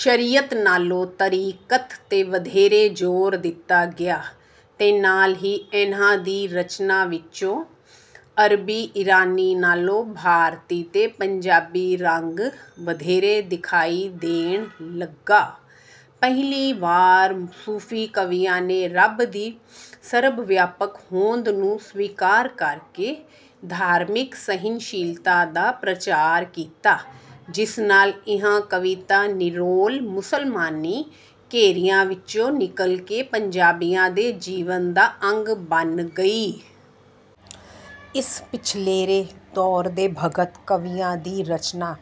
ਸ਼ਰੀਅਤ ਨਾਲੋਂ ਤਰੀਕਤ 'ਤੇ ਵਧੇਰੇ ਜ਼ੋਰ ਦਿੱਤਾ ਗਿਆ ਤੇ ਨਾਲ ਹੀ ਇਨ੍ਹਾਂ ਦੀ ਰਚਨਾ ਵਿੱਚੋਂ ਅਰਬੀ-ਈਰਾਨੀ ਨਾਲੋਂ ਭਾਰਤੀ ਤੇ ਪੰਜਾਬੀ ਰੰਗ ਵਧੇਰੇ ਦਿਖਾਈ ਦੇਣ ਲੱਗਾ। ਪਹਿਲੀ ਵਾਰ ਸੂਫ਼ੀ ਕਵੀਆਂ ਨੇ ਰੱਬ ਦੀ ਸਰਬ-ਵਿਆਪਕ ਹੋਂਦ ਨੂੰ ਸਵੀਕਾਰ ਕਰਕੇ ਧਾਰਮਿਕ ਸਹਿਣ-ਸ਼ੀਲਤਾ ਦਾ ਪ੍ਰਚਾਰ ਕੀਤਾ, ਜਿਸ ਨਾਲ ਇਹ ਕਵਿਤਾ ਨਿਰੋਲ ਮੁਸਲਮਾਨੀ ਘੇਰਿਆਂ ਵਿੱਚੋਂ ਨਿਕਲ ਕੇ ਪੰਜਾਬੀਆਂ ਦੇ ਜੀਵਨ ਦਾ ਅੰਗ ਬਨ ਗਈ। ਇਸ ਪਿਛਲੇਰੇ ਦੌਰ ਦੇ ਭਗਤ ਕਵੀਆਂ ਦੀ ਰਚਨਾ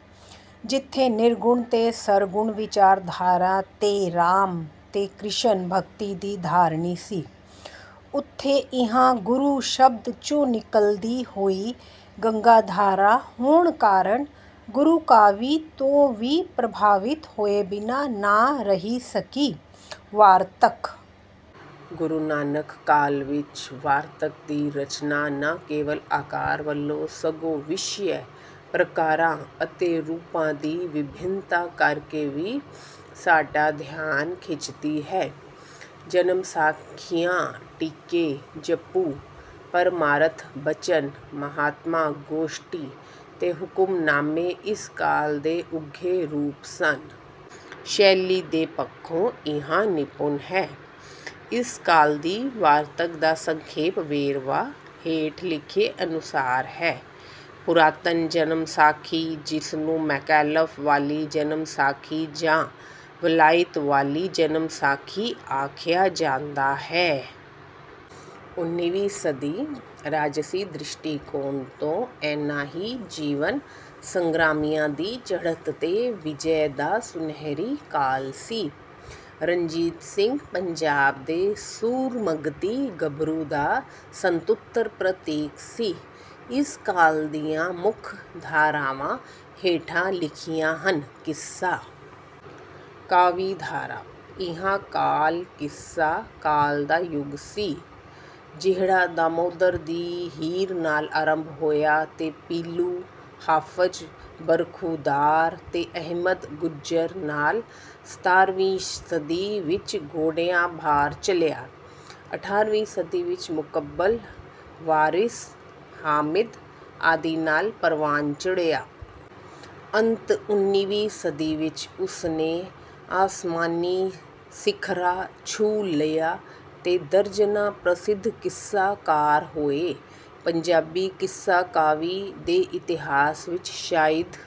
ਜਿੱਥੇ ਨਿਰਗੁਣ ਤੇ ਸਰਗੁਣ ਵਿਚਾਰਧਾਰਾ ਤੇ ਰਾਮ ਤੇ ਕ੍ਰਿਸ਼ਨ ਭਗਤੀ ਦੀ ਧਾਰਨੀ ਸੀ, ਉੱਥੇ ਇਹ ਗੁਰੂ ਸ਼ਬਦ ਚੋਂ ਨਿਕਲਦੀ ਹੋਈ ਗੰਗਾਧਾਰਾ ਹੋਣ ਕਾਰਨ, ਗੁਰੂ ਕਾਵਿ ਤੋਂ ਵੀ ਪ੍ਰਭਾਵਿਤ ਹੋਏ ਬਿਨਾਂ ਨਾ ਰਹਿ ਸਕੀ। ਵਾਰਤਕ: ਗੁਰੂ ਨਾਨਕ ਕਾਲ ਵਿੱਚ ਵਾਰਤਕ ਦੀ ਰਚਨਾ ਨਾ ਕੇਵਲ ਆਕਾਰ ਵੱਲੋਂ ਸਗੋਂ ਵਿਸ਼ਿਆਂ, ਪ੍ਰਕਾਰਾਂ ਅਤੇ ਰੂਪਾਂ ਦੀ ਵਿਭਿੰਨਤਾ ਕਰਕੇ ਵੀ ਸਾਡਾ ਧਿਆਨ ਖਿੱਚਦੀ ਹੈ। ਜਨਮ ਸਾਖੀਆਂ, ਟੀਕੇ, ਜਪੁ, ਪਰਮਾਰਥ, ਬਚਨ, ਮਹਾਤਮ, ਗੋਸ਼ਟੀ ਤੇ ਹੁਕਮਨਾਮੇ ਇਸ ਕਾਲ ਦੇ ਉੱਘੇ ਰੂਪ ਹਨ। ਸ਼ੈਲੀ ਦੇ ਪੱਖੋਂ ਇਹ ਨਿਪੁੰਨ ਹੈ। ਇਸ ਕਾਲ ਦੀ ਵਾਰਤਕ ਦਾ ਸੰਖੇਪ ਵੇਰਵਾ ਹੇਠ ਲਿਖੇ ਅਨੁਸਾਰ ਹੈ: ਪੁਰਾਤਨ ਜਨਮ ਸਾਖੀ, ਜਿਸ ਨੂੰ ਮੈਕਾਲਫ਼ ਵਾਲੀ ਜਨਮ ਸਾਖੀ ਜਾਂ ਵਲਾਇਤ ਵਾਲੀ ਜਨਮ ਸਾਖੀ ਆਖਿਆ ਜਾਂਦਾ ਹੈ। ਉਨੀਵੀਂ ਸਦੀ ਰਾਜਸੀ ਦ੍ਰਿਸ਼ਟੀਕੋਣ ਤੋਂ ਇਨ੍ਹਾਂ ਹੀ ਜੀਵਨ-ਸੰਗ੍ਰਾਮੀਆਂ ਦੀ ਚੜ੍ਹਤ ਤੇ ਵਿਜੈ ਦਾ ਸੁਨਹਿਰੀ ਕਾਲ ਸੀ। ਰਣਜੀਤ ਸਿੰਘ ਪੰਜਾਬ ਦੇ ਸੂਰਮਗਤੀ ਗੱਭਰੂ ਦਾ ਸਤੁੰਤਰ ਪ੍ਰਤੀਕ ਸੀ। ਇਸ ਕਾਲ ਦੀਆਂ ਮੁੱਖ ਧਾਰਾਵਾਂ ਹੇਠ ਲਿਖੀਆਂ ਹਨ। ਕਿੱਸਾ ਕਾਵਿ ਧਾਰਾ: ਇਹ ਕਾਲ ਕਿੱਸਾ ਕਾਲ ਦਾ ਯੁੱਗ ਸੀ। ਜਿਹੜਾ ਦਮੋਦਰ ਦੀ ਹੀਰ ਨਾਲ ਆਰੰਭ ਹੋਇਆ ਤੇ ਪੀਲੂ, ਹਾਫ਼ਜ਼ ਬਰਖ਼ੁਰਦਾਰ ਤੇ ਅਹਿਮਦ ਗੁੱਜਰ ਨਾਲ ਸਤਾਰ੍ਹਵੀਂ ਸਦੀ ਵਿੱਚ ਗੋਡਿਆਂ-ਭਾਰ ਚੱਲਿਆ। ਅਠਾਰ੍ਹਵੀਂ ਸਦੀ ਵਿੱਚ ਮੁਕਬਲ, ਵਾਰਿਸ, ਹਾਮਿਦ ਆਦਿ ਨਾਲ ਪਰਵਾਨ ਚੜ੍ਹਿਆ। ਅੰਤ ਉਨੀਵੀਂ ਸਦੀ ਵਿੱਚ ਉਸ ਨੇ ਅਸਮਾਨੀ ਸਿਖਰਾਂ ਛੁਹ ਲਈਆਂ ਤੇ ਦਰਜਨਾਂ ਪ੍ਰਸਿੱਧ ਕਿੱਸਾ-ਕਾਰ ਹੋਏ। ਪੰਜਾਬੀ ਕਿੱਸਾ ਕਾਵਿ ਦੇ ਇਤਿਹਾਸ ਵਿੱਚ ਸ਼ਾਇਦ